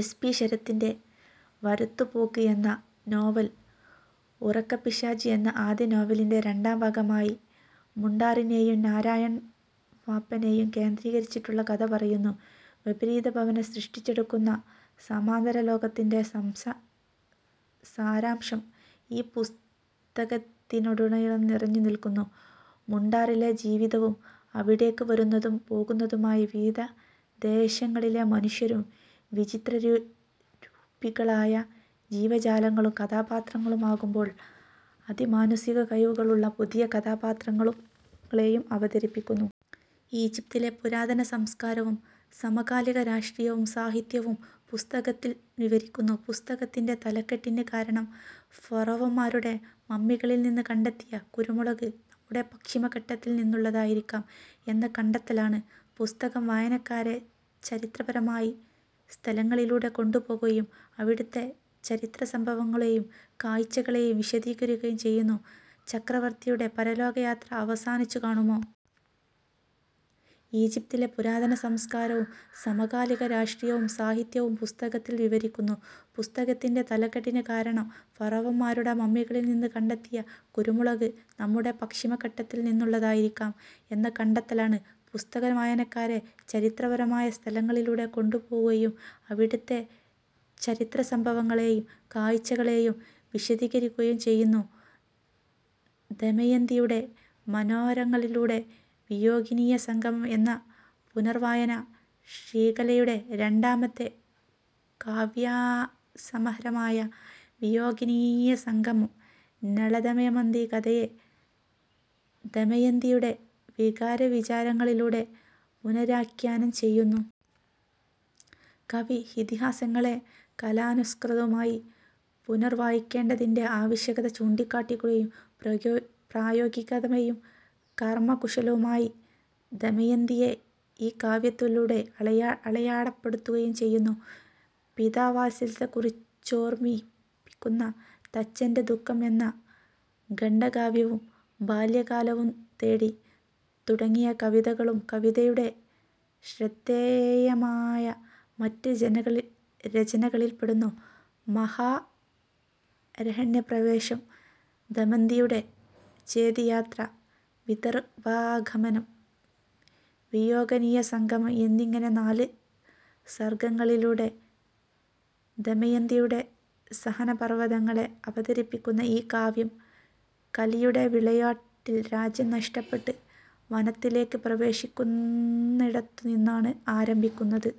S. P. ശരത്തിന്റെ 'വരത്തുപോക്ക്' എന്ന നോവൽ, 'ഉറക്കപ്പിശാച്' എന്ന ആദ്യ നോവലിന്റെ രണ്ടാം ഭാഗമായി, മുണ്ടാറിനെയും നാരായണൻ വാപ്പനെയും കേന്ദ്രീകരിച്ചുള്ള കഥ പറയുന്നു. വിപരീത ഭാവന സൃഷ്ടിച്ചെടുക്കുന്ന സമാന്തര ലോകത്തിന്റെ സാരാംശം ഈ പുസ്തകത്തിലുടനീളം നിറഞ്ഞുനിൽക്കുന്നു. മുണ്ടാറിലെ ജീവിതവും അവിടേക്ക് വരുന്നതും പോകുന്നതുമായ വിവിധ ദേശങ്ങളിലെ മനുഷ്യരും, വിചിത്ര രൂപികളായ ജീവജാലങ്ങളും കഥാപാത്രങ്ങളാകുമ്പോൾ, അതിമാനുഷിക കഴിവുകളുള്ള പുതിയ കഥാപാത്രങ്ങളെയും അവതരിപ്പിക്കുന്നു. ഈജിപ്തിലെ പുരാതന സംസ്കാരവും സമകാലിക രാഷ്ട്രീയവും സാഹിത്യവും പുസ്തകത്തിൽ വിവരിക്കുന്നു. പുസ്തകത്തിന്റെ തലക്കെട്ടിന് കാരണം, ഫറോവമാരുടെ മമ്മികളിൽ നിന്ന് കണ്ടെത്തിയ കുരുമുളക്, നമ്മുടെ പശ്ചിമഘട്ടത്തിൽ നിന്നുള്ളതായിരിക്കാം എന്ന കണ്ടെത്തലാണ്. പുസ്തകം വായനക്കാരെ ചരിത്രപരമായ സ്ഥലങ്ങളിലൂടെ കൊണ്ടുപോകുകയും അവിടുത്തെ ചരിത്ര സംഭവങ്ങളെയും കാഴ്ചകളെയും വിശദീകരിക്കുകയും ചെയ്യുന്നു. ചക്രവർത്തിയുടെ പരലോകയാത്ര അവസാനിച്ചു കാണുമോ? ഈജിപ്തിലെ പുരാതന സംസ്കാരവും സമകാലിക രാഷ്ട്രീയവും സാഹിത്യവും പുസ്തകത്തിൽ വിവരിക്കുന്നു. പുസ്തകത്തിന്റെ തലക്കെട്ടിന് കാരണം, ഫറോവമാരുടെ മമ്മികളിൽ നിന്ന് കണ്ടെത്തിയ കുരുമുളക്, നമ്മുടെ പശ്ചിമഘട്ടത്തിൽ നിന്നുള്ളതായിരിക്കാം എന്ന കണ്ടെത്തലാണ്. പുസ്തകം വായനക്കാരെ ചരിത്രപരമായ സ്ഥലങ്ങളിലൂടെ കൊണ്ടുപോകുകയും അവിടുത്തെ ചരിത്ര സംഭവങ്ങളെയും കാഴ്ചകളെയും വിശദീകരിക്കുകയും ചെയ്യുന്നു. ദമയന്തിയുടെ മനോരഥങ്ങളിലൂടെ; വിയോഗിനീസംഗമം എന്ന പുനർവായന ശ്രീകലയുടെ രണ്ടാമത്തെ കാവ്യസമാഹാരമായ വിയോഗിനീസംഗമം, നളദമയന്തി കഥയെ ദമയന്തിയുടെ വികാരവിചാരങ്ങളിലൂടെ പുനരാഖ്യാനം ചെയ്യുന്നു. കവി, ഇതിഹാസങ്ങളെ കാലാനുസൃതമായി പുനർവായിക്കേണ്ടതിൻ്റെ ആവശ്യകത ചൂണ്ടിക്കാണിക്കുകയും, ചൂണ്ടിക്കണ്ടികൊക്കും പ്രായോഗികമതിയും കർമ്മകുശലയുമായ ദമയന്തിയെ ഈ കാവ്യത്തിലൂടെ അടയാളപ്പെടുത്തുകയും ചെയ്യുന്നു. പിതൃവാത്സല്യത്തെക്കുറിച്ചോർമ്മിപ്പിക്കുന്ന 'തച്ചന്റെ ദുഃഖം' എന്ന ഖണ്ഡകാവ്യവും, 'ബാല്യകാലം', 'തേതി' തുടങ്ങിയ കവിതകളും കവിയുടെ ശ്രദ്ദേയമായ മറ്റ് രചനകളിൽപ്പെടുന്നു. മഹാരണ്യപ്രവേശം, ദമയന്തിയുടെ ചേദിയാത്ര, വിദർഭാഗമനം, വിയോഗിനീസംഗമം എന്നിങ്ങനെ നാല് സർഗ്ഗങ്ങളിലൂടെ ദമയന്തിയുടെ സഹനപർവ്വങ്ങളെ അവതരിപ്പിക്കുന്ന ഈ കാവ്യം, കലിയുടെ വിളയാട്ടത്തിൽ രാജ്യം നഷ്ടപ്പെട്ട് വനത്തിലേക്ക് പ്രവേശിക്കുന്നിടത്തുനിന്നാണ് ആരംഭിക്കുന്നത്.